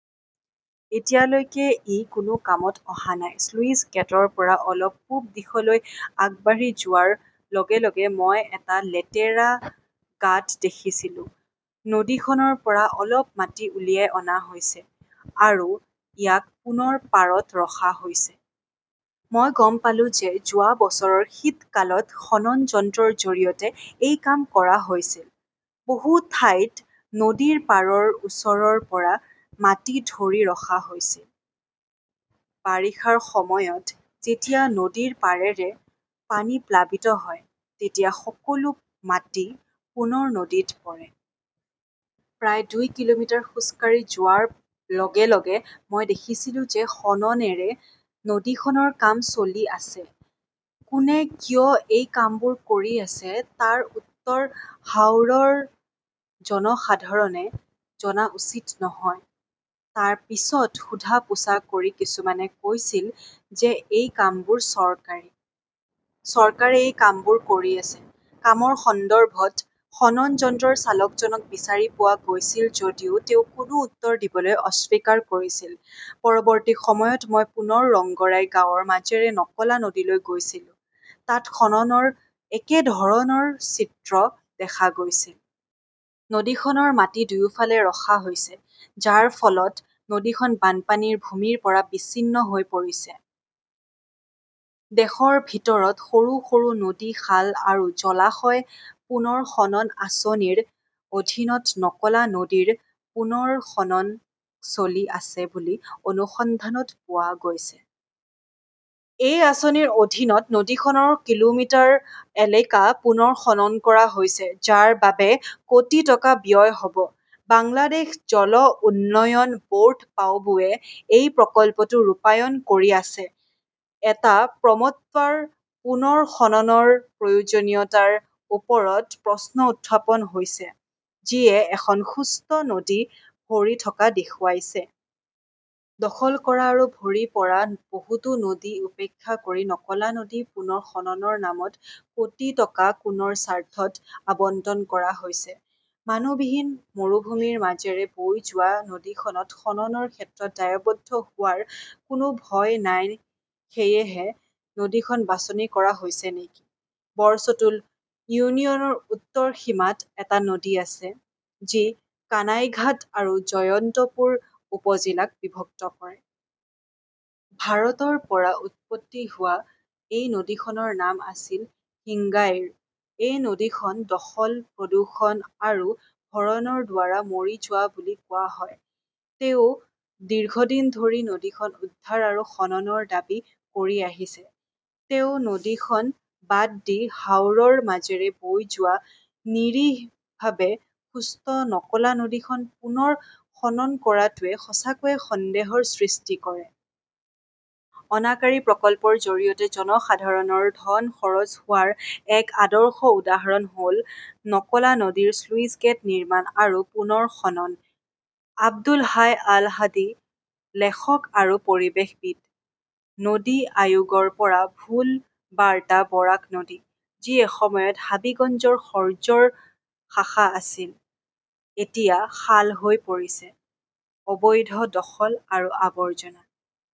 এতিয়ালৈকে ই কোনো কামত অহা নাই। স্লুইছগেটৰ পৰা অলপ পূব দিশলৈ আগবাঢ়ি যোৱাৰ লগে লগে মই এটা লেতেৰা গাঁত দেখিছিলোঁ। নদীখনৰ পৰা অলপ মাটি উলিয়াই অনা হৈছে আৰু ইয়াক পুনৰ পাৰত ৰখা হৈছে। মই গম পালোঁ যে যোৱা বছৰৰ শীতকালত খনন যন্ত্ৰৰ জৰিয়তে এই কাম কৰা হৈছিল। বহু ঠাইত নদীৰ পাৰৰ ওচৰৰ পৰা মাটি ধৰি ৰখা হৈছিল। বাৰিষাৰ সময়ত যেতিয়া নদীৰ পাৰেৰে পানী প্লাবিত হয়, তেতিয়া সকলো মাটি পুনৰ নদীত পৰে। প্ৰায় দুই কিলোমিটাৰ খোজ কাঢ়ি যোৱাৰ লগে লগে মই দেখিছিলোঁ যে খননেৰে নদীখনৰ কাম চলি আছে। কোনে কিয় এই কামবোৰ কৰি আছে তাৰ উত্তৰ হাওৰৰ জনসাধাৰণে জনা উচিত নহয়। তাৰ পিছত সোধা-পোছা কৰি কিছুমানে কৈছিল যে এই কামবোৰ চৰকাৰী। চৰকাৰে এই কামবোৰ কৰি আছে। কামৰ সন্দৰ্ভত খনন যন্ত্ৰৰ চালকজনক বিচাৰি পোৱা গৈছিল যদিও তেওঁ কোনো উত্তৰ দিবলৈ অস্বীকাৰ কৰিছিল। পৰৱৰ্তী সময়ত মই পুনৰ ৰংগৰাই গাঁৱৰ মাজেৰে নকলা নদীলৈ গৈছিলো। তাত খননৰ একে ধৰণৰ চিত্ৰ দেখা গৈছিল। নদীখনৰ মাটি দুয়োফালে ৰখা হৈছে, যাৰ ফলত নদীখন বানপানীৰ ভূমিৰ পৰা বিচ্ছিন্ন হৈ পৰিছে। দেশৰ ভিতৰত সৰু সৰু নদী-খাল আৰু জলাশয় পুনৰ খনন আঁচনিৰ অধীনত নকলা নদীৰ পুনৰ খনন চলি আছে বুলি অনুসন্ধানত পোৱা গৈছে। এই আঁচনিৰ অধীনত নদীখনৰ কিলোমিটাৰ এলেকা পুনৰ খনন কৰা হৈছে, যাৰ বাবে কোটি টকা ব্যয় হ 'ব। বাংলাদেশ জল উন্নয়ন বৰ্ড-পাউবোৱে এই প্ৰকল্পটো ৰূপায়ণ কৰি আছে। এটা প্ৰমট্টাৰ পুনৰ খননৰ প্ৰয়োজনীয়তাৰ ওপৰত প্ৰশ্ন উত্থাপন হৈছে, যিয়ে এখন সুস্থ নদী ভৰি থকা দেখুৱাইছে। দখল কৰা আৰু ভৰি পৰা বহুতো নদী উপেক্ষা কৰি নকলা নদী পুনৰ খননৰ নামত কোটি টকা কোনৰ স্বাৰ্থত আবণ্টন কৰা হৈছে মানুহবিহীন মৰুভূমিৰ মাজেৰে বৈ যোৱা নদীখনত খননৰ ক্ষেত্ৰত দায়বদ্ধ হোৱাৰ কোনো ভয় নাই-সেয়েহে নদীখন বাছনি কৰা হৈছে নেকি বৰচতুল ইউনিয়নৰ উত্তৰ সীমাত এটা নদী আছে যি কানাইঘাট আৰু জয়ন্তপুৰ উপ-জিলাক বিভক্ত কৰে। ভাৰতৰ পৰা উৎপত্তি হোৱা এই নদীখনৰ নাম আছিল হিঙ্গাইৰ । এই নদীখন দখল, প্ৰদূষণ আৰু ভৰণৰ দ্বাৰা মৰি যোৱা বুলি কোৱা হয়। তেওঁ দীৰ্ঘদিন ধৰি নদীখন উদ্ধাৰ আৰু খননৰ দাবী কৰি আহিছে। তেওঁ নদীখন বাদ দি হাওৰৰ মাজেৰে বৈ যোৱা নিৰীহভাৱে সুস্থ নকলা নদীখন পুনৰ খনন কৰাটোৱে সঁচাকৈয়ে সন্দেহৰ সৃষ্টি কৰে। অনাকাৰী প্ৰকল্পৰ জৰিয়তে জনসাধাৰণৰ ধন খৰচ হোৱাৰ এক আদৰ্শ উদাহৰণ হ’ল নকলা নদীৰ স্লুইছগেট নিৰ্মাণ আৰু পুনৰ খনন। আব্দুল হাই আল-হাদীঃ লেখক আৰু পৰিৱেশবিদ। নদী আয়োগৰ পৰা ভুল বাৰ্তা বৰাক নদী, যি এসময়ত হাবিগঞ্জৰ খৰ্জৰ শাখা আছিল, এতিয়া খাল হৈ পৰিছে। অবৈধ দখল আৰু আৱৰ্জনা